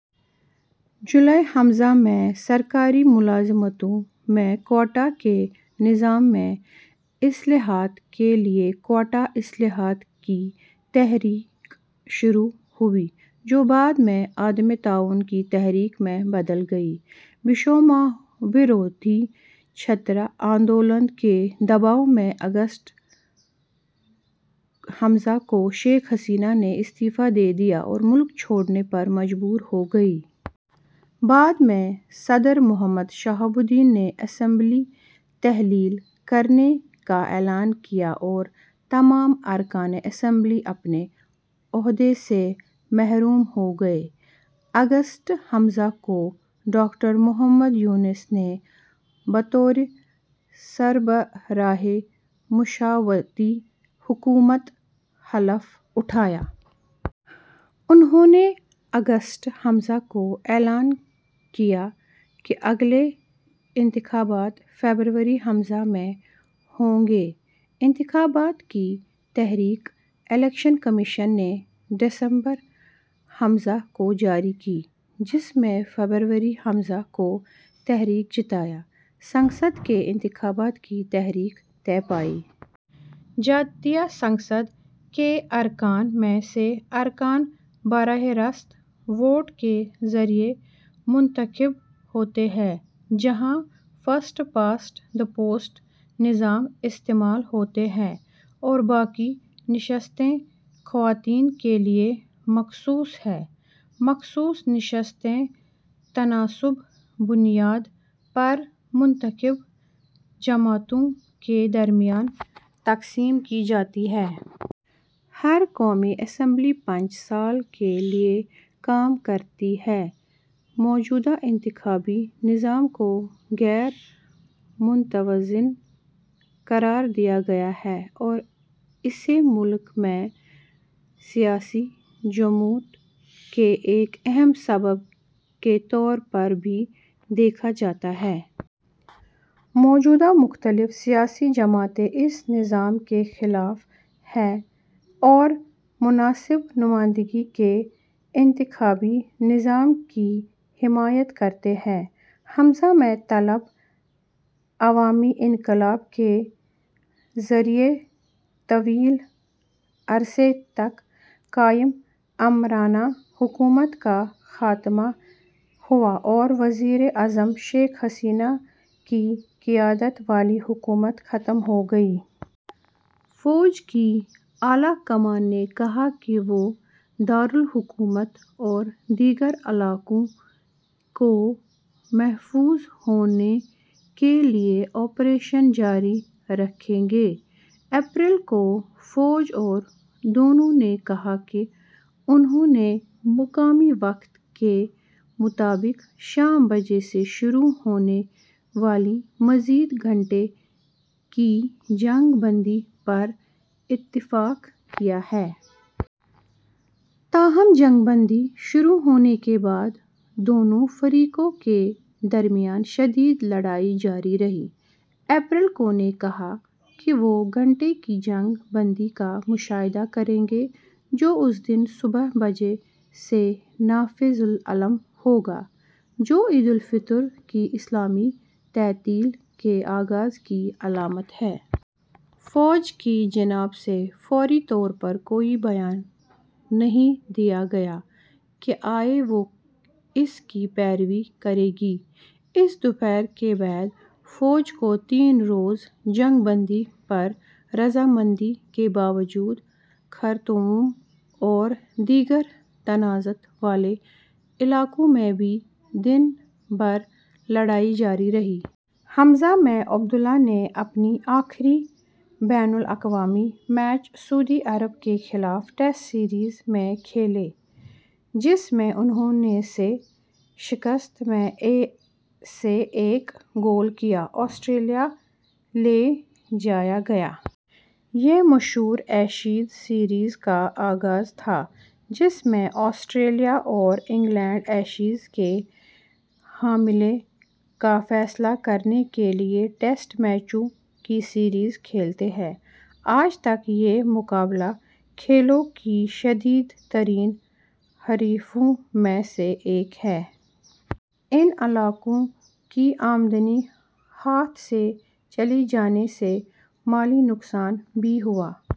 جولائی ء میں سرکاری ملازمتوں میں کوٹے کے نظام میں اصلاحات کے لیے کوٹا اصلاحات کی تحریک شروع ہوئی جو بعد میں عدم تعاون کی تحریک میں بدل گئی۔ بوئیشموبرودھی چھاتر آندولن کے دباؤ میں اگست ء کو شیخ حسینہ نے استعفا دے دیا اور ملک چھوڑنے پر مجبور ہوگئیں۔ بعد میں صدر محمد شہاب الدین اسمبلی تحلیل کرنے کا اعلان کیا اور تمام ارکان اسمبلی اپنے عہدے سے محروم ہو گئے۔ اگست ء کو ڈاکٹر محمد یونس بطور سربراہ مشاورتی حکومت حلف اٹھائا۔ انھوں نے اگست ء کو اعلان کیا کہ اگلے انتخابات فروری ء میں ہوں گے۔ انتخابات کی تاریخ الیکشن کمیشن نے دسمبر ء کو جاری کی جس میں فروری ء کو تیرھویں جاتیہ سنسد کے انتخابات کی تاریخ طے پائی۔ جاتیہ سنسد کے ارکان میں سے ارکان براہِ راست ووٹ کے ذریعے منتخب ہوتے ہیں، جہاں 'فرسٹ پاسٹ دی پوسٹ' نظام استعمال ہوتا ہے اور باقی نشستیں خواتین کے لیے مخصوص ہیں۔ مخصوص نشستیں تناسبی بنیاد پر منتخب جماعتوں کے درمیان تقسیم کی جاتی ہیں۔ ہر قومی اسمبلی پانچ سال کے لیے کام کرتی ہے۔ موجودہ انتخابی نظام کو غیر متوازن قرار دیا گیا ہے اور اسے ملک میں سیاسی جمود کے ایک اہم سبب کے طور پر بھی دیکھا جاتا ہے۔ موجودہ مختلف سیاسی جماعتیں اس نظام کے خلاف ہیں اور متناسب نمائندگی کے انتخابی نظام کی حمایت کرتی ہیں۔ ء میں طلبہ عوامی انقلاب کے ذریعے طویل عرصے تک قائم آمرانہ حکومت کا خاتمہ ہوا اور وزیر اعظم شیخ حسینہ کی قیادت والی حکومت ختم ہو گئی۔ فوج کی اعلیٰ کمان نے کہا کہ وہ دار الحکومت اور دیگر علاقوں کو محفوظ بنانے کے لیے آپریشن جاری رکھے گی۔ اپریل کو، فوج اور دونوں نے کہا کہ انھوں نے مقامی وقت کے مطابق شام بجے سے شروع ہونے والی مزید گھنٹے کی جنگ بندی پر اتفاق کیا ہے۔ تاہم، جنگ بندی شروع ہونے کے بعد دونوں فریقوں کے درمیان شدید لڑائی جاری رہی۔ اپریل کو، نے کہا کہ وہ گھنٹے کی جنگ بندی کا مشاہدہ کرے گا جو اس دن صبح بجے سے نافذ العمل ہو گا، جو عید الفطر کی اسلامی تعطیل کے آغاز کی علامت ہے۔ فوج کی جانب سے فوری طور پر کوئی بیان نہیں دیا گیا کہ آیا وہ اس کی پیروی کرے گی۔ اس دوپہر کے بعد فوج کے تین روزہ جنگ بندی پر رضامندی کے باوجود خرطوم اور دیگر تنازعات والے علاقوں میں دن بھر لڑائی جاری رہی۔ ء میں عبد اللہ نے اپنے آخری بین الاقوامی میچ سعودی عرب کے خلاف ٹیسٹ سیریز میں کھیلے جس میں انھوں نے - سے شکست میں سے ایک گول کیا۔ آسٹریلیا لے جایا گیا۔ " یہ مشہور ایشیز سیریز کا آغاز تھا جس میں آسٹریلیا اور انگلینڈ ایشز کے حاملین کا فیصلہ کرنے کے لیے ٹیسٹ میچوں کی سیریز کھیلتے ہیں۔ آج تک، یہ مقابلہ کھیلوں کی شدید ترین حریفوں میں سے ایک ہے۔ ان علاقوں کی آمدنی ہاتھ سے چلی جانے سے مالی نقصان بھی ہوا۔